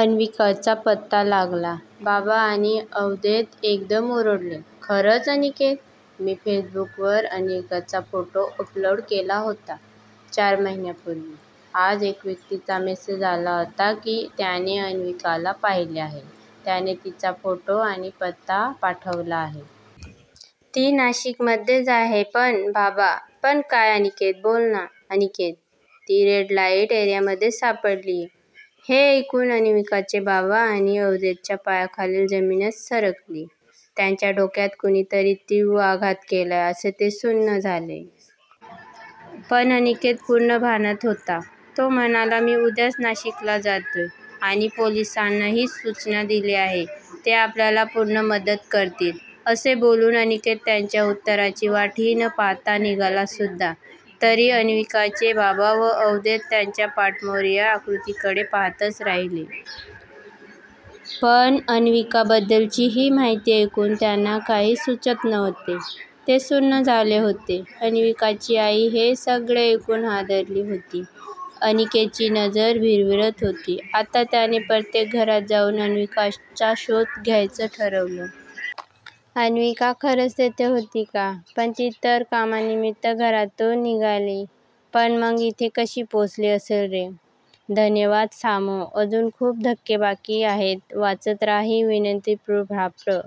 अन्विकाचा पत्ता लागला "बाबा आणि अव्दैत एकदम ओरडले, "खरंच "अनिकेत," मी फेसबुकवर अन्विकाचा फोटो अपलोड केला होता चार महिन्या पूर्वी, आज एका व्यक्तीचा मेसेज आला होता की त्याने अन्विकाला पाहिले आहे त्याने तिचा फोटो आणि पत्ता पण पाठवला आहे. ती नाशिक मध्येच आहे पण" बाबा, " पण काय? अनिकेत बोल ना! "अनिकेत, " ती रेड लाईट एरिआ मध्ये सापडलीय. "हे ऐकून अन्विकाचे बाबा आणि अव्दैतच्या पाया खालील जमीनच सरकली. त्यांच्या डोक्यात कोणी तरी तीव्र आघात केलाय असे ते सुन्न झाले. पण अनिकेत पूर्ण भानात होता. तो म्हणाला मी उद्याच नाशिकला जातोय आणि पोलीसांना ही सूचना दिली आहे ते आपल्याला पूर्ण मदत करतील. अस बोलून अनिकेत त्यांच्या उत्तराची वाटही न पाहता निघला सुद्धा. तरी अन्विकाचे बाबा व अव्दैत त्याच्या पाठमोर्या आकृतीकडे पाहताच राहिली. पण अन्विका बद्दलची ही माहिती ऐकून त्यांना काही सूचत नव्हते. ते सुन्न झाले होते. अन्विकाची आई हे सगळे ऐकून हादरली होती. अनिकेतची नजर भिरभिरत होती. आता त्याने प्रत्येक घरात जाऊन अन्विकाचा शोध घ्यायचं ठरवलं. अन्विका खरच तेथे होती का? पण ती तर कामानिमित्त घरातून निघाली पण मग इथे कशी पोहचली असेल? रे! धन्यवाद सामो, अजून खूप धक्के बाकी आहेत वाचत रहा ही विनंतीपुभाप्र!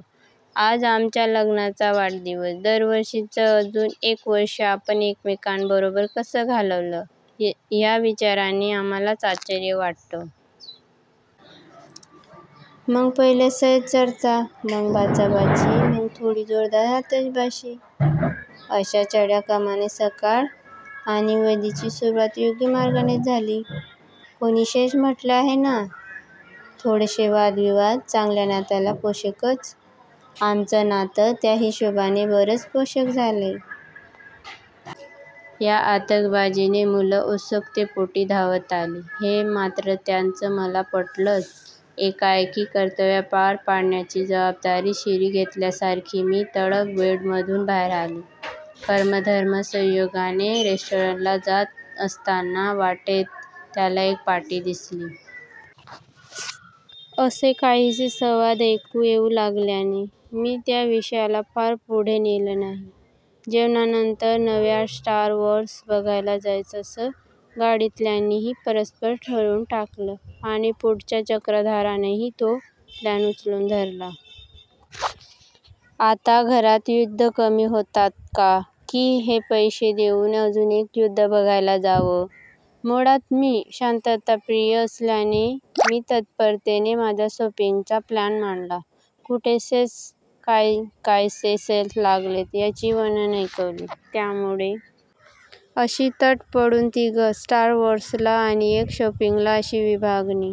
आज आमच्या लग्नाचा वाढदिवस! दरवर्षीच अजून एक वर्ष आपण एकमेकांबरोबर कसं काय घालवलं ह्या विचारानी आम्हालाच आश्चर्य वाटतं. मग पहिले संयत चर्चा, मग बाचा-बाची, मग थोडी जोरदार आतषबाजी अश्या चढ्या क्रमाने सकाळ आणि वदि ची सुरुवात योग्य मार्गानेच झाली. कोणीसेसे म्हटलेच आहे ना थोडेसे वाद-विवाद चांगल्या नात्याला पोषकच! आमचं नातं त्या हिशोबाने बरंच पोषक झालंय. या आतषबाजीने मुलं उत्सुकतेपोटी धावत आली. हे मात्र त्यांचं मला पटलंच. एकाएकी हे कर्तव्या पार पाडण्याची जबाबदारी शिरी घेतल्यासारखी मी तडक बेडमधून बाहेर आले. कर्म-धर्मसंयोगाने रेस्टॉरंटला जात असताना वाटेत त्याला एक पाटी दिसली -!,''" असे काहीसे संवाद ऐकू येऊ लागल्याने मी त्या विषयाला फार पुढे नेलं नाही. जेवणानंतर नवा स्टार-वॉर्स बघायला जायचं असं गाडीतल्या नी परस्पर ठरवून टाकलं आणि पुढच्या चक्रधरानेही तो प्लॅन उचलून धरला. आता घरात युद्ध कमी होतात का की हे पैसे देऊन अजून एक युद्ध बघायला जावं? मूळात मी शांतताप्रिय असल्याने मी तत्परतेने माझा शॉपिंगचा प्लॅन मांडला. कुठेसेसे काय-कायसे सेल्स लागलेत याची वर्णनं ऐकवली. त्यामुळे अशी तट पडून तिघं स्टार-वॉर्सला आणि एक शॉपिंगला अशी विभागणी